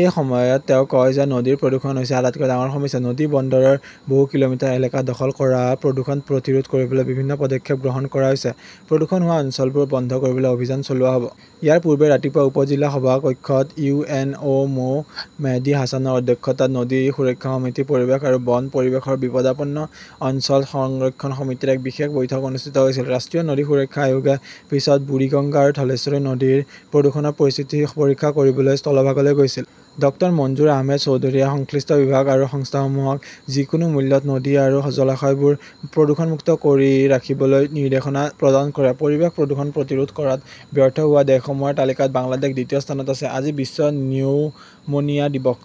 এই সময়ত তেওঁ কয় যে নদীৰ প্ৰদূষণ হৈছে আটাইতকৈ ডাঙৰ সমস্যা। নদী বন্দৰৰ বহু কিলোমিটাৰ এলেকা দখল কৰা প্ৰদূষণ প্ৰতিৰোধ কৰিবলৈ বিভিন্ন পদক্ষেপ গ্ৰহণ কৰা হৈছে। প্ৰদূষণ হোৱা অঞ্চলবোৰ বন্ধ কৰিবলৈ অভিযান চলোৱা হ'ব। ইয়াৰ পূৰ্বে ৰাতিপুৱা উপ-জিলা সভা কক্ষত U. N. O. Mohammad. Mehdi হাছানৰ অধ্যক্ষতাত নদী সুৰক্ষা সমিতি, পৰিৱেশ আৰু বন, পৰিৱেশৰ বিপদাপন্ন অঞ্চল সংৰক্ষণ সমিতিৰ এক বিশেষ বৈঠক অনুষ্ঠিত হৈছিল। ৰাষ্ট্ৰীয় নদী সুৰক্ষা আয়োগে পিছত বুৰিগঙ্গা আৰু ধলেশ্বৰী নদীৰ প্ৰদূষণৰ পৰিস্থিতি পৰীক্ষা কৰিবলৈ স্থলভাগলৈ গৈছিল। ডক্টৰ মঞ্জুৰ আহমেদ চৌধুৰীয়ে সংশ্লিষ্ট বিভাগ আৰু সংস্থাসমূহক যিকোনো মূল্যত নদী আৰু জলাশয়বোৰ প্ৰদূষণ মুক্ত ৰাখিবলৈ নিৰ্দেশনা প্ৰদান কৰে। পৰিৱেশ প্ৰদূষণ প্ৰতিৰোধ কৰাত ব্যৰ্থ হোৱা দেশসমূহৰ তালিকাত বাংলাদেশ দ্বিতীয় স্থানত আছে। আজি বিশ্ব নিউমোনিয়া দিৱস।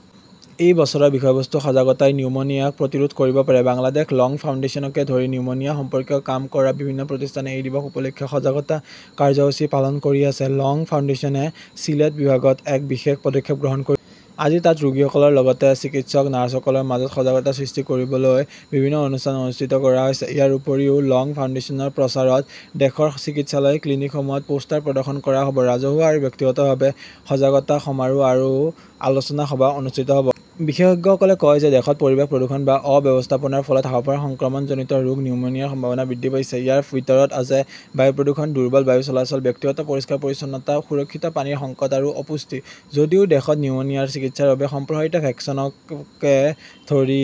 এই বছৰৰ বিষয়বস্তু সজাগতাই নিউমোনিয়াক প্ৰতিৰোধ কৰিব পাৰে। বাংলাদেশ লং ফাউণ্ডেশ্যনকে ধৰি নিউমোনিয়া সম্পৰ্কীয় কাম কৰা বিভিন্ন প্ৰতিষ্ঠানে এই দিৱস উপলক্ষে সজাগতা কাৰ্যসূচী পালন কৰি আছে। লং ফাউণ্ডেশ্যনে চিলেট বিভাগত এক বিশেষ পদক্ষেপ গ্ৰহণ কৰিছে। আজি তাত ৰোগীসকলৰ লগতে চিকিৎসক নাৰ্ছসকলৰ মাজত সজাগতা সৃষ্টি কৰিবলৈ বিভিন্ন অনুষ্ঠান অনুষ্ঠিত কৰা হৈছে। ইয়াৰ উপৰিও লং ফাউণ্ডেশ্যনৰ প্ৰচাৰত দেশৰ চিকিৎসালয়-ক্লিনিকসমূহত পোষ্টাৰ প্ৰদৰ্শন কৰা হ'ব। ৰাজহুৱা আৰু ব্যক্তিগতভাৱে সজাগতা সমাৰোহ আৰু আলোচনা সভা অনুষ্ঠিত হ'ব। বিশেষজ্ঞসকলে কয় যে দেশত পৰিৱেশ প্ৰদূষণ বা অব্যৱস্থাপনাৰ ফলত হাঁওফাঁওৰ সংক্ৰমণজনিত ৰোগ নিউমোনিয়াৰ সম্ভাৱনা বৃদ্ধি পাইছে। ইয়াৰ ভিতৰত আছে বায়ু প্ৰদূষণ, দুৰ্বল বায়ু চলাচল, ব্যক্তিগত পৰিষ্কাৰ-পৰিচ্ছন্নতা, সুৰক্ষিত পানীৰ সংকট আৰু অপুষ্টি। যদিও দেশত নিউমোনিয়াৰ চিকিৎসাৰ বাবে সম্প্ৰসাৰিত ভেকচিনকে ধৰি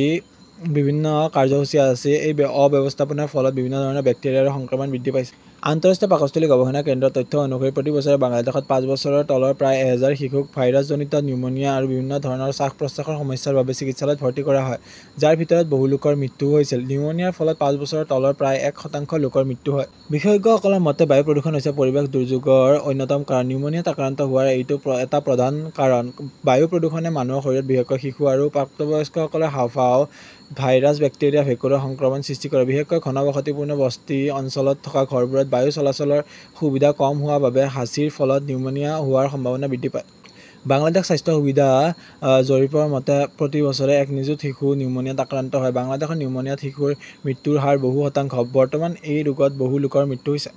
বিভিন্ন কাৰ্যসূচী আছে, এই অব্যৱস্থাপনাৰ ফলত বিভিন্ন ধৰণৰ বেক্টেৰিয়া আৰু সংক্ৰমণ বৃদ্ধি পাইছে। আন্তঃৰাষ্ট্ৰীয় পাকস্থলীৰ গৱেষণা কেন্দ্ৰৰ তথ্য অনুসৰি, প্ৰতি বছৰে বাংলাদেশত পাঁচ বছৰৰ তলৰ প্ৰায় এহেজাৰ শিশুক ভাইৰাছজনিত নিউমোনিয়া আৰু বিভিন্ন ধৰণৰ শ্বাস-প্ৰশ্বাসৰ সমস্যাৰ বাবে চিকিৎসালয়ত ভৰ্তি কৰা হয়। যাৰ ভিতৰত বহুলোকৰ মৃত্যুও হৈছিল। নিউমোনিয়াৰ ফলত পাঁচ বছৰৰ তলৰ প্ৰায় এক শতাংশ লোকৰ মৃত্যু হয়। বিশেষজ্ঞসকলৰ মতে, বায়ু প্ৰদূষণ হৈছে পৰিৱেশ দুৰ্যোগৰ অন্যতম কাৰণ। নিউমোনিয়াত আক্ৰান্ত হোৱাৰ এইটো এটা প্ৰধান কাৰণ। বায়ু প্ৰদূষণে মানুহৰ শৰীৰত, বিশেষকৈ শিশু আৰু প্ৰাপ্তবয়স্কসকলৰ হাঁওফাঁওত ভাইৰাছ, বেক্টেৰিয়া, ভেঁকুৰৰ সংক্ৰমণ সৃষ্টি কৰে। বিশেষকৈ ঘনবসতিপূৰ্ণ বস্তি অঞ্চলত থকা ঘৰবোৰত বায়ু চলাচলৰ সুবিধা কম হোৱাৰ বাবে হাঁচিৰ ফলত নিউমোনিয়া হোৱাৰ সম্ভাৱনা বৃদ্ধি পায়। বাংলাদেশ স্বাস্থ্য সুবিধা জৰীপৰ মতে, প্ৰতি বছৰে এক নিযুত শিশু নিউমোনিয়াত আক্ৰান্ত হয়। বাংলাদেশত নিউমোনিয়াত শিশুৰ মৃত্যুৰ হাৰ বহু শতাংশ। বৰ্তমান এই ৰোগত বহু লোকৰ মৃত্যু হৈছে।